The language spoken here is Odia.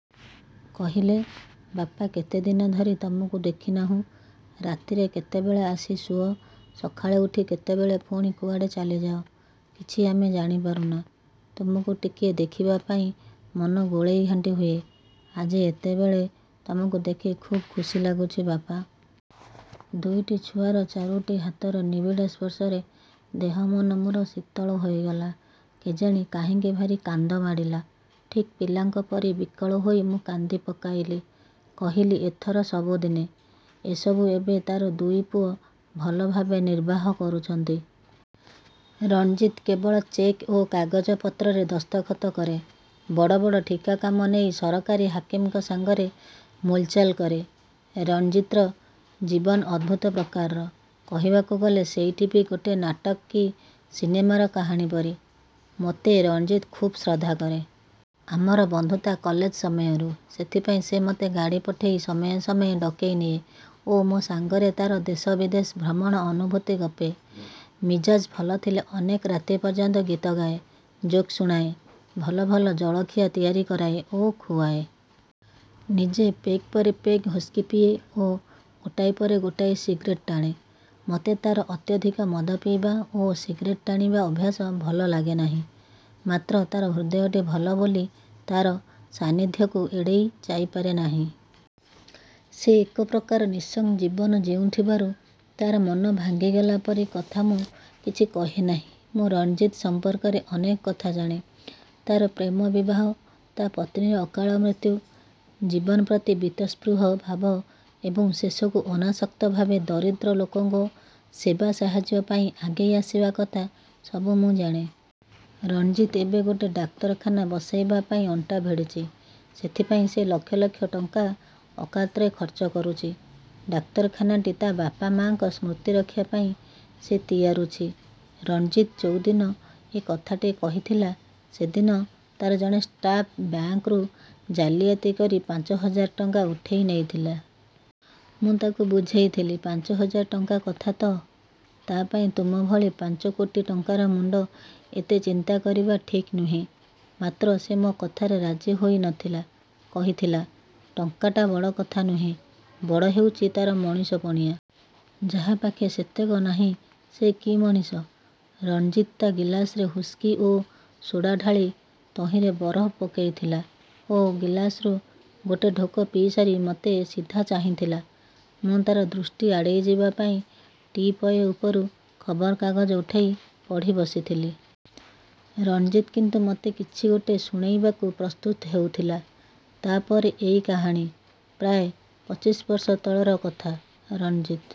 କହିଲେ-ବାପା, କେତେଦିନ ଧରି ତୁମକୁ ଦେଖିନାହୁଁ। ରାତିରେ କେତେବେଳେ ଆସି ଶୁଅ, ସକାଳେ ଉଠି କେତେବେଳେ ପୁଣି କୁଆଡ଼େ ଚାଲିଯାଅ, କିଛି ଆମେ ଜାଣିପାରୁନା। ତୁମକୁ ଟିକିଏ ଦେଖିବାପାଇଁ ମନ ଗୋଳେଇ ଘାଣ୍ଟି ହୁଏ। ଆଜି ଏତେବେଳେ ତୁମକୁ ଦେଖି ଖୁବ୍ ଖୁସି ଲାଗୁଛି ବାପା। ଦୁଇଟି ଛୁଆର ଚାରୋଟି ହାତର ନିବୀଡ଼ ସ୍ପର୍ଶରେ ଦେହ ମନ ମୋର ଶୀତଳ ହୋଇଗଲା। କେଜାଣି କାହିଁକି ଭାରି କାନ୍ଦମାଡ଼ିଲା। ଠିକ୍ ପିଲାଙ୍କ ପରି ବିକଳ ହୋଇ ମୁଁ କାନ୍ଦିପକାଇଲି। କହିଲି-ଏଥର ସବୁଦିନେ। ଏସବୁ ଏବେ ତାର ଦୁଇ ପୁଅ ଭଲ ଭାବେ ନିର୍ବାହ କରୁଛନ୍ତି। ରଣଜିତ୍ କେବଳ ଚେକ୍ ଓ କାଗଜପତ୍ରରେ ଦସ୍ତଖତ କରେ, ବଡ଼ ବଡ଼ ଠିକା କାମ ନେଇ ସରକାରୀ ହାକିମଙ୍କ ସାଙ୍ଗରେ ମୂଲଚାଲ କରେ। ରଣଜିତ୍ର ଜୀବନ ଅଦ୍ଭୁତ ପ୍ରକାରର। କହିବାକୁ ଗଲେ ସେଇଟି ବି ଗୋଟେ ନାଟକ କି ସିନେମାର କାହାଣୀ ପରି। ମୋତେ ରଣଜିତ୍ ଖୁବ୍ ଶ୍ରଦ୍ଧା କରେ। ଆମର ବନ୍ଧୁତା କଲେଜ ସମୟରୁ। ସେଥିପାଇଁ ସେ ମୋତେ ଗାଡ଼ି ପଠେଇ ସମୟେ ସମୟେ ଡକେଇ ନିଏ ଓ ମୋ ସାଙ୍ଗରେ ତାର ଦେଶ-ବିଦେଶ ଭ୍ରମଣ ଅନୁଭୂତି ଗପେ। ମିଜାଜ୍ ଭଲ ଥିଲେ ଅନେକ ରାତି ପର୍ଯ୍ୟନ୍ତ ଗୀତ ଗାଏ, ଜୋକ୍ ଶୁଣାଏ, ଭଲ ଭଲ ଜଳଖିଆ ତିଆରି କରାଏ ଓ ଖୁଆଏ। ନିଜେ ପେଗ୍ ପରେ ପେଗ୍ ହ୍ୱିସ୍କି ପିଏ ଓ ଗୋଟାଏ ପରେ ଗୋଟାଏ ସିଗ୍ରେଟ୍ ଟାଣେ। ମୋତେ ତାର ଅତ୍ୟଧିକ ମଦ ପିଇବା ଓ ସିଗ୍ରେଟ୍ ଟାଣିବା ଅଭ୍ୟାସ ଭଲ ଲାଗେ ନାହିଁ, ମାତ୍ର ତାର ହୃଦୟଟି ଭଲ ବୋଲି ତାର ସାନ୍ନିଧ୍ୟକୁ ଏଡ଼େଇ ଯାଇପାରେ ନାହିଁ। ସେ ଏକ ପ୍ରକାର ନିଃସଙ୍ଗ ଜୀବନ ଜିଉଁଥିବାରୁ ତାର ମନ ଭାଙ୍ଗିଗଲା ପରି କଥା ମୁଁ କିଛି କହେ ନାହିଁ। ମୁଁ ରଣଜିତ୍ ସଂପର୍କରେ ଅନେକ କଥା ଜାଣେ। ତାର ପ୍ରେମ, ବିବାହ, ତା ପତ୍ନୀର ଅକାଳ ମୃତ୍ୟୁ, ଜୀବନ ପ୍ରତି ବୀତସ୍ପୃହ ଭାବ ଏବଂ ଶେଷକୁ ଅନାସକ୍ତ ଭାବେ ଦରିଦ୍ର ଲୋକଙ୍କ ସେବା-ସାହାଯ୍ୟ ପାଇଁ ଆଗେଇ ଆସିବା କଥା ସବୁ ମୁଁ ଜାଣେ। ରଣଜିତ୍ ଏବେ ଗୋଟେ ଡାକ୍ତରଖାନା ବସେଇବା ପାଇଁ ଅଣ୍ଟା ଭିଡ଼ିଛି। ସେଥିପାଇଁ ସେ ଲକ୍ଷ ଲକ୍ଷ ଟଙ୍କା ଅକାତରେ ଖର୍ଚ୍ଚ କରୁଛି। ଡାକ୍ତରଖାନାଟି ତା ବାପା ମାଆଙ୍କ ସ୍ମୃତି ରକ୍ଷା ପାଇଁ ସେ ତିଆରୁଛି। ରଣଜିତ୍ ଯୋଉଦିନ ଏ କଥାଟି କହିଥିଲା ସେଦିନ ତାର ଜଣେ ଷ୍ଟାଫ୍ ବ୍ୟାଙ୍କ୍ରୁ ଜାଲିଆତି କରି ପାଞ୍ଚହଜାର ଟଙ୍କା ଉଠେଇ ନେଇଥିଲା। ମୁଁ ତାକୁ ବୁଝେଇଥିଲି, ପାଞ୍ଚହଜାର ଟଙ୍କା କଥା ତ! ତା ପାଇଁ ତୁମ ଭଳି ପାଞ୍ଚକୋଟି ଟଙ୍କାର ମୁଣ୍ଡ ଏତେ ଚିନ୍ତା କରିବା ଠିକ୍ ନୁହେଁ। ମାତ୍ର ସେ ମୋ କଥାରେ ରାଜି ହୋଇ ନଥିଲା। କହିଥିଲା, 'ଟଙ୍କାଟା ବଡ଼ କଥା ନୁହେଁ, ବଡ଼ ହେଉଛି ତାର ମଣିଷପଣିଆ। ଯାହା ପାଖେ ସେତକ ନାହିଁ ସେ କି ମଣିଷ! ' ରଣଜିତ୍ ତା ଗିଲାସରେ ହ୍ୱିସ୍କି ଓ ସୋଡ଼ା ଢାଳି ତହିଁରେ ବରଫ ପକେଇଥିଲା ଓ ଗିଲାସରୁ ଗୋଟେ ଢୋକ ପିଇସାରି ମୋତେ ସିଧା ଚାହିଁଥିଲା। ମୁଁ ତାର ଦୃଷ୍ଟି ଆଡ଼େଇଯିବା ପାଇଁ ଟି-ପୟ ଉପରୁ ଖବରକାଗଜ ଉଠେଇ ପଢ଼ି ବସିଥିଲି। ରଣଜିତ୍ କିନ୍ତୁ ମୋତେ କିଛି ଗୋଟେ ଶୁଣେଇବାକୁ ପ୍ରସ୍ତୁତ ହେଉଥିଲା। ତା'ପରେ ଏଇ କାହାଣୀ। ପ୍ରାୟ ପଚିଶ ବର୍ଷ ତଳର କଥା। ରଣଜିତ୍